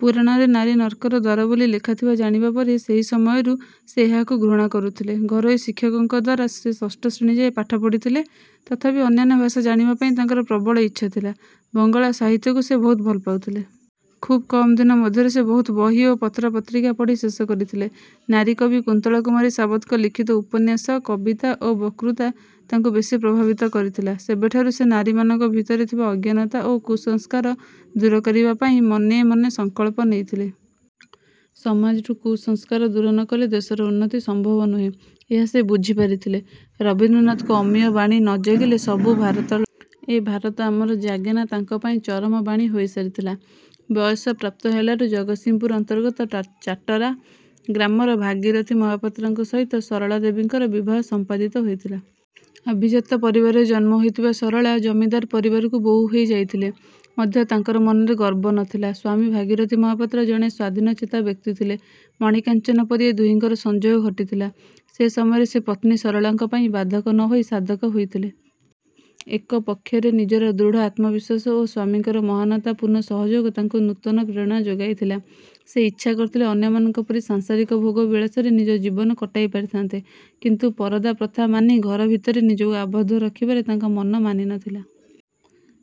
ପୁରାଣରେ ନାରୀ ନର୍କର ଦ୍ୱାର ବୋଲି ଲେଖାଥିବା ଜାଣିବା ପରେ ସେହି ସମୟରୁ ସେ ଏହାକୁ ଘୃଣା କରୁଥିଲେ। ଘରୋଇ ଶିକ୍ଷକଙ୍କଦ୍ୱାରା ସେ ଷଷ୍ଠ ଶ୍ରେଣୀ ଯାଏଁ ପାଠ ପଢିଥିଲେ। ତଥାପି ଅନ୍ୟାନ୍ୟ ଭାଷା ଜାଣିବା ପାଇଁ ତାଙ୍କର ପ୍ରବଳ ଇଚ୍ଛା ଥିଲା। ବଙ୍ଗଳା ସାହିତ୍ୟକୁ ସେ ବହୁତ୍ ଭଲ ପାଉଥିଲେ। ଖୁବ୍ କମ୍ ଦିନ ମଧ୍ୟରେ ସେ ବହୁତ୍ ବହି ଓ ପତ୍ର ପତ୍ରିକା ପଢି ଶେଷ କରିଥିଲେ। ନାରୀ କବି କୁନ୍ତଳା କୁମାରୀ ସାବତଙ୍କ ଲିଖିତ ଉପନ୍ୟାସ, କବିତା ଓ ବତ୍କୃତା ତାଙ୍କୁ ବେଶି ପ୍ରଭାବିତ କରିଥିଲା। ସେବେଠାରୁ ସେ ନାରୀ ମାନଙ୍କ ଭିତରେ ଥିବା ଅଜ୍ଞାନତା ଓ କୁସଂସ୍କାର ଦୂର କରିବା ପାଇଁ ମନେ ମନେ ସଂକଳ୍ପ ନେଇଥିଲେ। ସମାଜରୁ କୁସଂସ୍କାର ଦୂର ନକଲେ ଦେଶର ଉନ୍ନତି ସମ୍ଭବ ନୁହେଁ, ସେ ଏହା ବୁଝିପାରିଥିଲେ। ରବୀନ୍ଦ୍ରନାଥଙ୍କ ଅମୀୟ ବାଣୀ ନ ଜାଗିଲେ ସବୁ ଭାରତ ଲଳନା, ଏ ଭାରତ ଆମର ଜାଗେନା ତାଙ୍କ ପାଇଁ ଚରମ ବାଣୀ ହୋଇସାରିଥିଲା। ବୟସ ପ୍ରାପ୍ତ ହେଲାରୁ, ଜଗତସିଂହପୁର ଅନ୍ତର୍ଗତ ଚାଟରା ଗ୍ରାମର ଭାଗୀରଥି ମହାପାତ୍ରଙ୍କ ସହିତ ସରଳା ଦେବୀଙ୍କର ବିବାହ ସମ୍ପାଦିତ ହୋଇଥିଲା। ଆଭିଜାତ ପରିବାରରେ ଜନ୍ମ ହୋଇଥିବା ସରଳା, ଜମିଦାର ପରିବାରକୁ ବୋହୁ ହୋଇ ଯାଇଥିଲେ ମଧ୍ୟ ତାଙ୍କ ମନରେ ଗର୍ବ ନଥିଲା। ସ୍ୱାମୀ ଭାଗିରଥି ମହାପାତ୍ର ଜଣେ ସ୍ୱାଧୀନଚେତା ବ୍ୟକ୍ତି ଥିଲେ। ମଣିକାଞ୍ଚନ ପରି ଏ ଦୁହିଁଙ୍କର ସଂଯୋଗ ଘଟିଥିଲା। ସେ ସମୟରେ ସେ ପତ୍ନୀ ସରଳାଙ୍କ ପାଇଁ ବାଧକ ନହୋଇ ସାଧକ ହୋଇଥିଲେ। ଏକ ପକ୍ଷରେ ନିଜର ଦୃଢ଼ ଆତ୍ମବିଶ୍ୱାସ ଓ ସ୍ୱାମୀଙ୍କର ମହାନତା ପୂର୍ଣ୍ଣ ସହଯୋଗ ତାଙ୍କୁ ନୂତନ ପ୍ରେରଣା ଯୋଗାଇଥିଲା। ସେ ଇଚ୍ଛା କରିଥିଲେ ଅନ୍ୟମାନଙ୍କ ପରି ସାଂସାରିକ ଭୋଗ ବିଳାସରେ ନିଜ ଜୀବନ କଟାଇପାରିଥାନ୍ତେ, କିନ୍ତୁ ପରଦା ପ୍ରଥା ମାନି ଘର ଭିତରେ ନିଜକୁ ଆବଦ୍ଧ ରଖିବାରେ ତାଙ୍କ ମନ ମାନି ନଥିଲା।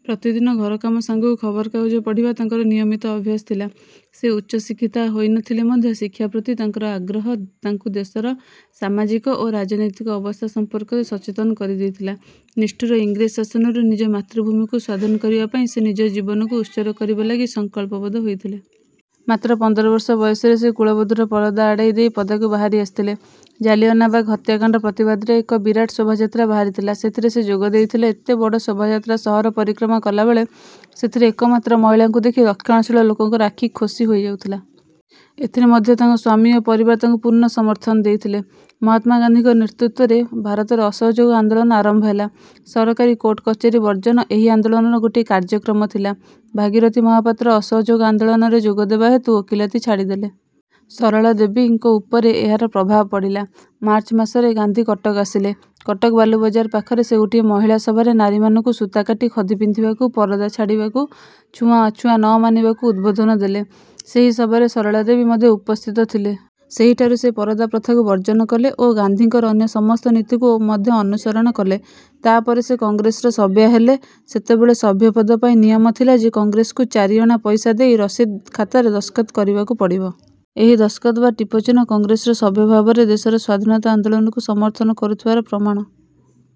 ପ୍ରତିଦିନ ଘର କାମ ସାଙ୍ଗକୁ ଖବରକାଗଜ ପଢ଼ିବା ତାଙ୍କର ନିୟମିତ ଅଭ୍ୟାସ ଥିଲା। ସେ ଉଚ୍ଚଶିକ୍ଷିତା ହୋଇନଥିଲେ ମଧ୍ୟ ଶିକ୍ଷା ପ୍ରତି ତାଙ୍କର ଆଗ୍ରହ ତାଙ୍କୁ ଦେଶର ସାମାଜିକ ଓ ରାଜନୈତିକ ଅବସ୍ଥା ସମ୍ପର୍କରେ ସଚେତନ କରିଦେଇଥିଲା। ନିଷ୍ଠୁର ଇଂରେଜ ଶାସନରୁ ନିଜ ମାତୃଭୂମିକୁ ସ୍ୱାଧୀନ କରିବା ପାଇଁ ସେ ନିଜ ଜୀବନକୁ ଉତ୍ସର୍ଗ କରିବାଲାଗି ସଂକଳ୍ପବଦ୍ଧ ହୋଇଥିଲେ। ମାତ୍ର ପନ୍ଦର ବର୍ଷ ବୟସରେ ସେ କୁଳବଧୂର ପରଦା ଆଡେଇ ଦେଇ ପଦାକୁ ବାହାରି ଆସିଥିଲେ। ଜଳିଆନାୱାଲାବାଗ୍ ହତ୍ୟାକାଣ୍ଡ ପ୍ରତିବାଦରେ ଏକ ବିରାଟ ଶୋଭାଯାତ୍ରା ବାହାରିଥିଲା। ସେଥିରେ ସେ ଯୋଗଦେଇଥିଲେ। ଏତେ ବଡ଼ ଶୋଭାଯାତ୍ରା ସହର ପରିକ୍ରମା କଲାବେଳେ ସେଥିରେ ଏକମାତ୍ର ମହିଳାଙ୍କୁ ଦେଖି ରକ୍ଷଣଶୀଳ ଲୋକଙ୍କର ଆଖି ଖୋସି ହୋଇଯାଉଥିଲା। ଏଥିରେ ମଧ୍ୟ ତାଙ୍କ ସ୍ୱାମୀ ଓ ପରିବାର ତାଙ୍କୁ ପୂର୍ଣ୍ଣ ସମର୍ଥନ ଦେଇଥିଲେ। ମହାତ୍ମା ଗାନ୍ଧୀଙ୍କ ନେତୃତ୍ୱରେ ଭାରତରେ ଅସହଯୋଗ ଆନ୍ଦୋଳନ ଆରମ୍ଭ ହେଲା। ସରକାରୀ କୋର୍ଟ କଚେରୀ ବର୍ଜନ ଏହି ଆନ୍ଦୋଳନର ଗୋଟିଏ କାର୍ଯ୍ୟକ୍ରମ ଥିଲା। ଭାଗିରଥି ମହାପାତ୍ର ଅସହଯୋଗ ଆନ୍ଦୋଳନରେ ଯୋଗ ଦେବା ହେତୁ ଓକିଲାତି ଛାଡି ଦେଲେ। ସରଳା ଦେବୀଙ୍କ ଉପରେ ଏହାର ପ୍ରଭାବ ପଡ଼ିଲା। ମାର୍ଚ୍ଚ ମାସରେ ଗାନ୍ଧୀ କଟକ ଆସିଲେ। କଟକ ବାଲୁବଜାର ପାଖରେ ସେ ଗୋଟିଏ ମହିଳା ସଭାରେ ନାରୀ ମାନଙ୍କୁ ସୂତା କାଟି ଖଦି ପିନ୍ଧିବାକୁ, ପରଦା ଛାଡିବାକୁ, ଛୁଆଁ ଅଛୁଆଁ ନମାନିବାକୁ ଉଦ୍ୱୋଧନ ଦେଲେ। ସେହି ସଭାରେ ସରଳା ଦେବୀ ମଧ୍ୟ ଉପସ୍ଥିତ ଥିଲେ। ସେହିଠାରୁ ସେ ପରଦା ପ୍ରଥାକୁ ବର୍ଜନ କଲେ ଓ ଗାନ୍ଧୀଙ୍କର ଅନ୍ୟ ସମସ୍ତ ନୀତିକୁ ମଧ୍ୟ ଅନୁସରଣ କଲେ। ତା ପରେ ସେ କଂଗ୍ରେସର ସଭ୍ୟା ହେଲେ। ସେତେବେଳେ ସଭ୍ୟପଦ ପାଇଁ ନିୟମ ଥିଲା ଯେ, କଂଗ୍ରେସକୁ ଚାରିଅଣା ପଇସା ଦେଇ ରସିଦ୍ ଖାତାରେ ଦସ୍ତଖତ କରିବାକୁ ପଡିବ। ଏହି ଦସ୍ତଖତ ବା ଟିପ ଚିହ୍ନ କଂଗ୍ରେସର ସଭ୍ୟ ଭାବରେ ଦେଶର ସ୍ୱାଧୀନତା ଆନ୍ଦୋଳନକୁ ସମର୍ଥନ କରୁଥିବାର ପ୍ରମାଣ